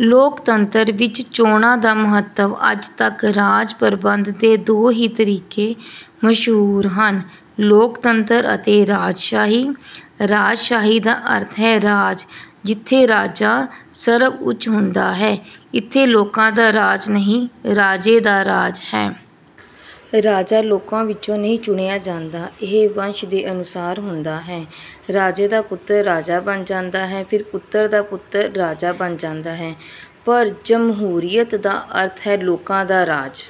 ਲੋਕਤੰਤਰ ਵਿੱਚ ਚੋਣਾਂ ਦਾ ਮਹੱਤਵ ਅੱਜ ਤੱਕ ਰਾਜ ਪ੍ਰਬੰਧ ਦੇ ਦੋ ਹੀ ਤਰੀਕੇ ਮਸ਼ਹੂਰ ਹਨ, ਲੋਕਤੰਤਰ ਅਤੇ ਰਾਜਸ਼ਾਹੀ। ਰਾਜਸ਼ਾਹੀ ਦਾ ਅਰਥ ਹੈ ਰਾਜ ਜਿੱਥੇ ਰਾਜਾ ਸਰਵਉੱਚ ਹੁੰਦਾ ਹੈ। ਇੱਥੇ ਲੋਕਾਂ ਦਾ ਰਾਜ ਨਹੀਂ, ਰਾਜੇ ਦਾ ਰਾਜ ਹੈ। ਰਾਜਾ ਲੋਕਾਂ ਵਿੱਚੋਂ ਨਹੀਂ ਚੁਣਿਆ ਜਾਂਦਾ। ਇਹ ਵੰਸ਼ ਦੇ ਅਨੁਸਾਰ ਹੁੰਦਾ ਹੈ। ਰਾਜੇ ਦਾ ਪੁੱਤਰ ਰਾਜਾ ਬਣ ਜਾਂਦਾ ਹੈ, ਫਿਰ ਪੁੱਤਰ ਦਾ ਪੁੱਤਰ ਰਾਜਾ ਬਣ ਜਾਂਦਾ ਹੈ, ਪਰ ਜਮਹੂਰੀਅਤ ਦਾ ਅਰਥ ਹੈ ਲੋਕਾਂ ਦਾ ਰਾਜ।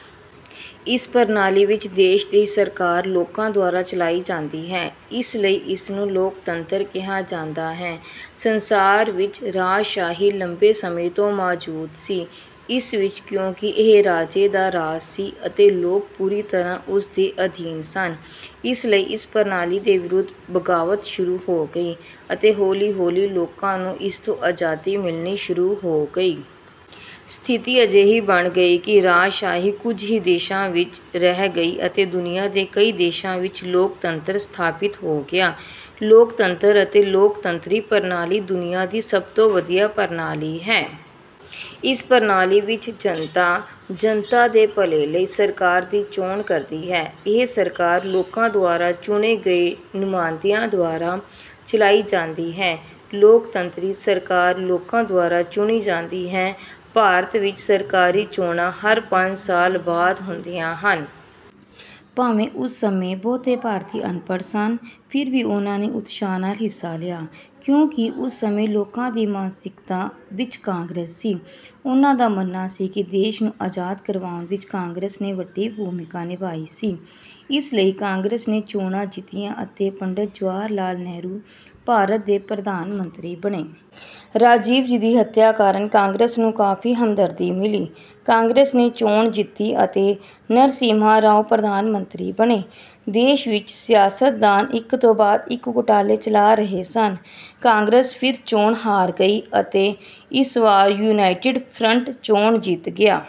ਇਸ ਪ੍ਰਣਾਲੀ ਵਿੱਚ ਦੇਸ਼ ਦੀ ਸਰਕਾਰ ਲੋਕਾਂ ਦੁਆਰਾ ਚਲਾਈ ਜਾਂਦੀ ਹੈ, ਇਸ ਲਈ ਇਸਨੂੰ ਲੋਕਤੰਤਰ ਕਿਹਾ ਜਾਂਦਾ ਹੈ। ਸੰਸਾਰ ਵਿੱਚ ਰਾਜਸ਼ਾਹੀ ਲੰਬੇ ਸਮੇਂ ਤੋਂ ਮੌਜੂਦ ਸੀ। ਇਸ ਵਿਚ ਕਿਉਂਕਿ ਇਹ ਰਾਜੇ ਦਾ ਰਾਜ ਸੀ ਅਤੇ ਲੋਕ ਪੂਰੀ ਤਰ੍ਹਾਂ ਉਸ ਦੇ ਅਧੀਨ ਸਨ, ਇਸ ਲਈ ਇਸ ਪ੍ਰਣਾਲੀ ਦੇ ਵਿਰੁੱਧ ਬਗਾਵਤ ਸ਼ੁਰੂ ਹੋ ਗਈ ਅਤੇ ਹੌਲੀ-ਹੌਲੀ ਲੋਕਾਂ ਨੂੰ ਇਸ ਤੋਂ ਆਜ਼ਾਦੀ ਮਿਲਣੀ ਸ਼ੁਰੂ ਹੋ ਗਈ। ਸਥਿਤੀ ਅਜਿਹੀ ਬਣ ਗਈ ਕਿ ਰਾਜਸ਼ਾਹੀ ਕੁਝ ਹੀ ਦੇਸ਼ਾਂ ਵਿਚ ਰਹਿ ਗਈ ਅਤੇ ਦੁਨੀਆ ਦੇ ਕਈ ਦੇਸ਼ਾਂ ਵਿਚ ਲੋਕਤੰਤਰ ਸਥਾਪਿਤ ਹੋ ਗਿਆ। ਲੋਕਤੰਤਰ ਅਤੇ ਲੋਕਤੰਤਰੀ ਪ੍ਰਣਾਲੀ ਦੁਨੀਆਂ ਦੀ ਸਭ ਤੋਂ ਵਧੀਆ ਪ੍ਰਣਾਲੀ ਹੈ। ਇਸ ਪ੍ਰਣਾਲੀ ਵਿੱਚ, ਜਨਤਾ, ਜਨਤਾ ਦੇ ਭਲੇ ਲਈ ਸਰਕਾਰ ਦੀ ਚੋਣ ਕਰਦੀ ਹੈ। ਇਹ ਸਰਕਾਰ ਲੋਕਾਂ ਦੁਆਰਾ ਚੁਣੇ ਗਏ ਨੁਮਾਇੰਦਿਆਂ ਦੁਆਰਾ ਚਲਾਈ ਜਾਂਦੀ ਹੈ। ਲੋਕਤੰਤਰੀ ਸਰਕਾਰ ਲੋਕਾਂ ਦੁਆਰਾ ਚੁਣੀ ਜਾਂਦੀ ਹੈ। ਭਾਰਤ ਵਿੱਚ ਸਰਕਾਰੀ ਚੋਣਾਂ ਹਰ ਪੰਜ ਸਾਲ ਬਾਅਦ ਹੁੰਦੀਆਂ ਹਨ। ਭਾਵੇਂ ਉਸ ਸਮੇਂ ਬਹੁਤੇ ਭਾਰਤੀ ਅਨਪੜ੍ਹ ਸਨ, ਫਿਰ ਵੀ ਉਨ੍ਹਾਂ ਨੇ ਉਤਸ਼ਾਹ ਨਾਲ ਹਿੱਸਾ ਲਿਆ। ਕਿਉਂਕਿ ਉਸ ਸਮੇਂ ਲੋਕਾਂ ਦੀ ਮਾਨਸਿਕਤਾ ਵਿੱਚ ਕਾਂਗਰਸ ਸੀ। ਉਨ੍ਹਾਂ ਦਾ ਮੰਨਣਾ ਸੀ ਕਿ ਦੇਸ਼ ਨੂੰ ਆਜ਼ਾਦ ਕਰਵਾਉਣ ਵਿੱਚ ਕਾਂਗਰਸ ਨੇ ਵੱਡੀ ਭੂਮਿਕਾ ਨਿਭਾਈ ਸੀ, ਇਸ ਲਈ ਕਾਂਗਰਸ ਨੇ ਚੋਣਾਂ ਜਿੱਤੀਆਂ ਅਤੇ ਪੰਡਿਤ ਜਵਾਹਰ ਲਾਲ ਨਹਿਰੂ ਭਾਰਤ ਦੇ ਪ੍ਰਧਾਨ ਮੰਤਰੀ ਬਣੇ। ਰਾਜੀਵ ਜੀ ਦੀ ਹੱਤਿਆ ਕਾਰਨ ਕਾਂਗਰਸ ਨੂੰ ਕਾਫੀ ਹਮਦਰਦੀ ਮਿਲੀ। ਕਾਂਗਰਸ ਨੇ ਚੋਣ ਜਿੱਤੀ ਅਤੇ ਨਰਸਿਮਹਾ ਰਾਓ ਪ੍ਰਧਾਨ ਮੰਤਰੀ ਬਣੇ। ਦੇਸ਼ ਵਿੱਚ ਸਿਆਸਤਦਾਨ ਇੱਕ ਤੋਂ ਬਾਅਦ ਇੱਕ ਘੁਟਾਲੇ ਚਲਾ ਰਹੇ ਸਨ। ਕਾਂਗਰਸ ਫਿਰ ਚੋਣ ਹਾਰ ਗਈ ਅਤੇ ਇਸ ਵਾਰ ਯੂਨਾਈਟਿਡ ਫਰੰਟ ਚੋਣ ਜਿੱਤ ਗਿਆ।